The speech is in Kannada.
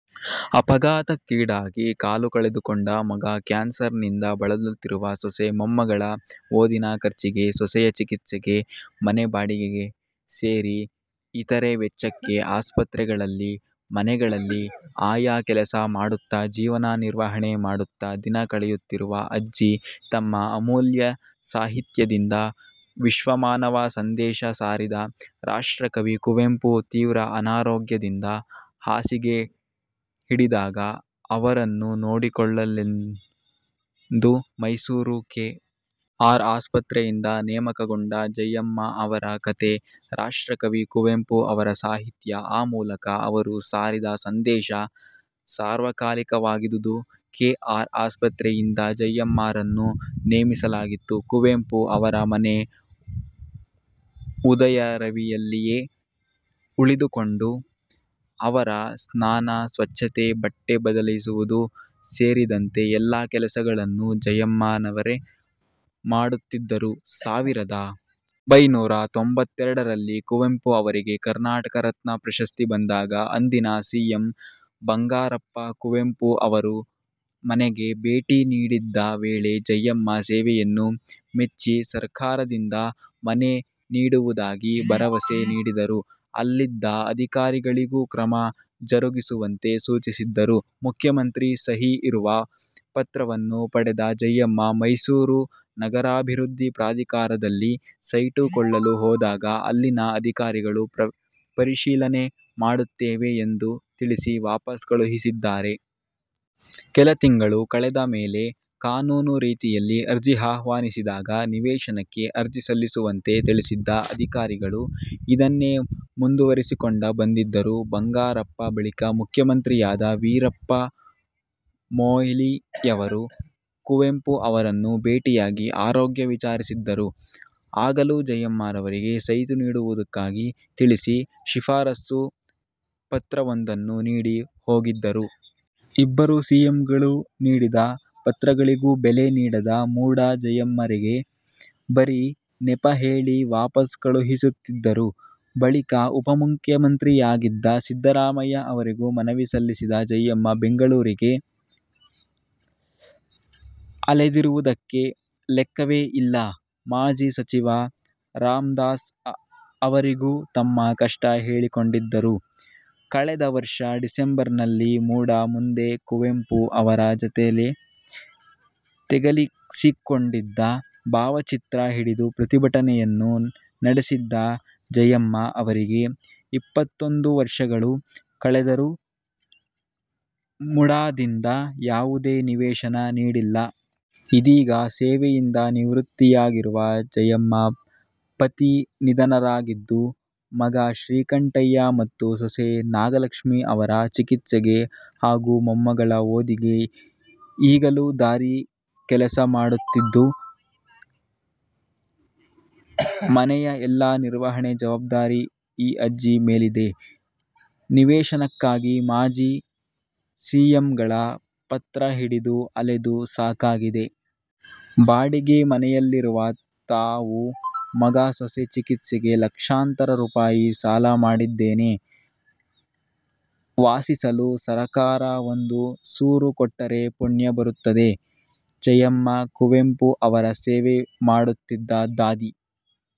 ಅಪಘಾತಕ್ಕೀಡಾಗಿ ಕಾಲು ಕಳೆದುಕೊಂಡ ಮಗ, ಕ್ಯಾನ್ಸರ್ನಿಂದ ಬಳಲುತ್ತಿರುವ ಸೊಸೆ, ಮೊಮ್ಮಗಳ ಓದಿನ ಖರ್ಚಿಗೆ, ಸೊಸೆಯ ಚಿಕಿತ್ಸೆಗೆ ಮನೆ ಬಾಡಿಗೆ ಸೇರಿ ಇತರೆ ವೆಚ್ಚಕ್ಕೆ ಆಸ್ಪತ್ರೆಗಳಲ್ಲಿ, ಮನೆಗಳಲ್ಲಿ ಆಯಾ ಕೆಲಸ ಮಾಡುತ್ತಾ ಜೀವನ ನಿರ್ವಹಣೆ ಮಾಡುತ್ತಾ ದಿನ ಕಳೆಯುತ್ತಿರುವ ಅಜ್ಜಿ ತಮ್ಮ ಅಮೂಲ್ಯ ಸಾಹಿತ್ಯದಿಂದ ವಿಶ್ವಮಾನವ ಸಂದೇಶ ಸಾರಿದ ರಾಷ್ಟ್ರಕವಿ ಕುವೆಂಪು ತೀವ್ರ ಅನಾರೋಗ್ಯದಿಂದ ಹಾಸಿಗೆ ಹಿಡಿದಾಗ ಅವರನ್ನು ನೋಡಿಕೊಳ್ಳಲೆಂದು ಮೈಸೂರು ಕೆ. ಆರ್. ಆಸ್ಪತ್ರೆಯಿಂದ ನೇಮಕಗೊಂಡ ಜಯಮ್ಮ ಅವರ ಕಥೆ. ರಾಷ್ಟ್ರಕವಿ ಕುವೆಂಪು ಅವರ ಸಾಹಿತ್ಯ, ಆ ಮೂಲಕ ಅವರು ಸಾರಿದ ಸಂದೇಶ ಸಾರ್ವಕಾಲಿಕವಾದುದು. ಕೆ.ಆರ್. ಆಸ್ಪತ್ರೆಯಿಂದ ಜಯಮ್ಮರನ್ನು ನೇಮಿಸಲಾಗಿತ್ತು. ಕುವೆಂಪು ಅವರ ಮನೆ ಉದಯರವಿಯಲ್ಲಿಯೇ ಉಳಿದುಕೊಂಡು ಅವರ ಸ್ನಾನ, ಸ್ವಚ್ಛತೆ, ಬಟ್ಟೆ ಬದಲಿಸುವುದು ಸೇರಿದಂತೆ ಎಲ್ಲಾ ಕೆಲಸಗಳನ್ನು ಜಯಮ್ಮನವರೇ ಮಾಡುತ್ತಿದ್ದರು. ಸಾವಿರದ ಒಂಬೈನೂರ ತೊಂಬತ್ತೆರಡರಲ್ಲಿ ಕುವೆಂಪು ಅವರಿಗೆ ಕರ್ನಾಟಕ ರತ್ನ ಪ್ರಶಸ್ತಿ ಬಂದಾಗ ಅಂದಿನ ಸಿಎಂ ಬಂಗಾರಪ್ಪ ಕುವೆಂಪು ಅವರ ಮನೆಗೆ ಭೇಟಿ ನೀಡಿದ್ದ ವೇಳೆ ಜಯಮ್ಮ ಸೇವೆಯನ್ನು ಮೆಚ್ಚಿ ಸರ್ಕಾರದಿಂದ ಮನೆ ನೀಡುವುದಾಗಿ ಭರವಸೆ ನೀಡಿದ್ದರು. ಅಲ್ಲಿದ್ದ ಅಧಿಕಾರಿಗಳಿಗೂ ಕ್ರಮ ಜರುಗಿಸುವಂತೆ ಸೂಚಿಸಿದ್ದರು. ಮುಖ್ಯಮಂತ್ರಿ ಸಹಿ ಇರುವ ಪತ್ರವನ್ನು ಪಡೆದ ಜಯಮ್ಮ ಮೈಸೂರು ನಗರಾಭಿವೃದ್ಧಿ ಪ್ರಾಧಿಕಾರದಲ್ಲಿ ಸೈಟು ಕೇಳಲು ಹೋದಾಗ ಅಲ್ಲಿನ ಅಧಿಕಾರಿಗಳು ಪರಿಶೀಲನೆ ಮಾಡುತ್ತೇವೆ ಎಂದು ತಿಳಿಸಿ ವಾಪಸ್ ಕಳುಹಿಸಿದ್ದರು. ಕೆಲ ತಿಂಗಳು ಕಳೆದ ಮೇಲೆ ಕಾನೂನು ರೀತಿಯಲ್ಲಿ ಅರ್ಜಿ ಆಹ್ವಾನಿಸಿದಾಗ ನಿವೇಶನಕ್ಕೆ ಅರ್ಜಿ ಸಲ್ಲಿಸುವಂತೆ ತಿಳಿಸಿದ್ದ ಅಧಿಕಾರಿಗಳು ಇದನ್ನೇ ಮುಂದುವರಿಸಿಕೊಂಡು ಬಂದಿದ್ದರು. ಬಂಗಾರಪ್ಪ ಬಳಿಕ ಮುಖ್ಯಮಂತ್ರಿಯಾದ ವೀರಪ್ಪ ಮೊಯ್ಲಿಯವರು ಕುವೆಂಪು ಅವರನ್ನು ಭೇಟಿಯಾಗಿ ಆರೋಗ್ಯ ವಿಚಾರಿಸಿದ್ದರು. ಆಗಲೂ ಜಯಮ್ಮರಿಗೆ ಸೈಟು ನೀಡುವುದಾಗಿ ತಿಳಿಸಿ ಶಿಫಾರಸು ಪತ್ರವೊಂದನ್ನು ನೀಡಿ ಹೋಗಿದ್ದರು. ಇಬ್ಬರು ಸಿಎಂಗಳು ನೀಡಿದ ಪತ್ರಗಳಿಗೂ ಬೆಲೆ ನೀಡದ ಮುಡಾ ಜಯಮ್ಮರಿಗೆ ಬರೀ ನೆಪ ಹೇಳಿ ವಾಪಸ್ ಕಳುಹಿಸುತ್ತಿದ್ದರು. ಬಳಿಕ ಉಪ ಮುಖ್ಯಮಂತ್ರಿಯಾಗಿದ್ದ ಸಿದ್ಧರಾಮಯ್ಯ ಅವರಿಗೂ ಮನವಿ ಸಲ್ಲಿಸಿದ ಜಯಮ್ಮ ಬೆಂಗಳೂರಿಗೆ ಅಲೆದಿರುವುದಕ್ಕೆ ಲೆಕ್ಕವೇ ಇಲ್ಲ. ಮಾಜಿ ಸಚಿವ ರಾಮ್ದಾಸ್ ಅವರಿಗೂ ತಮ್ಮ ಕಷ್ಟ ಹೇಳಿಕೊಂಡಿದ್ದರು. ಕಳೆದ ವರ್ಷ ಡಿಸೆಂಬರ್ನಲ್ಲಿ ಮುಡಾ ಮುಂದೆ ಕುವೆಂಪು ಅವರ ಜತೆ ತೆಗೆಸಿಕೊಂಡಿದ್ದ ಭಾವಚಿತ್ರ ಹಿಡಿದು ಪ್ರತಿಭಟನೆಯನ್ನು ನಡೆಸಿದ್ದ ಜಯಮ್ಮ ಅವರಿಗೆ ಇಪ್ಪತ್ತೊಂದು ವರ್ಷಗಳು ಕಳೆದರೂ ಮುಡಾದಿಂದ ಯಾವುದೇ ನಿವೇಶನ ನೀಡಿಲ್ಲ. ಇದೀಗ ಸೇವೆಯಿಂದ ನಿವೃತ್ತಿಯಾಗಿರುವ ಜಯಮ್ಮ ಪತಿ ನಿಧನರಾಗಿದ್ದು, ಮಗ ಶ್ರೀಕಂಠಯ್ಯ ಮತ್ತು ಸೊಸೆ ನಾಗಲಕ್ಷ್ಮಿ ಅವರ ಚಿಕಿತ್ಸೆಗೆ ಹಾಗೂ ಮೊಮ್ಮಗಳ ಓದಿಗೆ ಈಗಲೂ ದಾದಿ ಕೆಲಸ ಮಾಡುತ್ತಿದ್ದು, ಮನೆಯ ಎಲ್ಲಾ ನಿರ್ವಹಣೆ ಜವಾಬ್ದಾರಿ ಈ ಅಜ್ಜಿ ಮೇಲಿದೆ. ನಿವೇಶನಕ್ಕಾಗಿ ಮಾಜಿ ಸಿಎಂಗಳ ಪತ್ರ ಹಿಡಿದು ಅಲೆದು ಸಾಕಾಗಿದೆ. ಬಾಡಿಗೆ ಮನೆಯಲ್ಲಿರುವ ತಾವು ಮಗ ಸೊಸೆ ಚಿಕಿತ್ಸೆಗೆ ಲಕ್ಷಾಂತರ ರೂಪಾಯಿ ಸಾಲ ಮಾಡಿದ್ದೇನೆ. ವಾಸಿಸಲು ಸರಕಾರ ಒಂದು ಸೂರು ಕೊಟ್ಟರೆ ಪುಣ್ಯ ಬರುತ್ತದೆ. ಜಯಮ್ಮ, ಕುವೆಂಪು ಅವರ ಸೇವೆ ಮಾಡುತ್ತಿದ್ದ ದಾದಿ.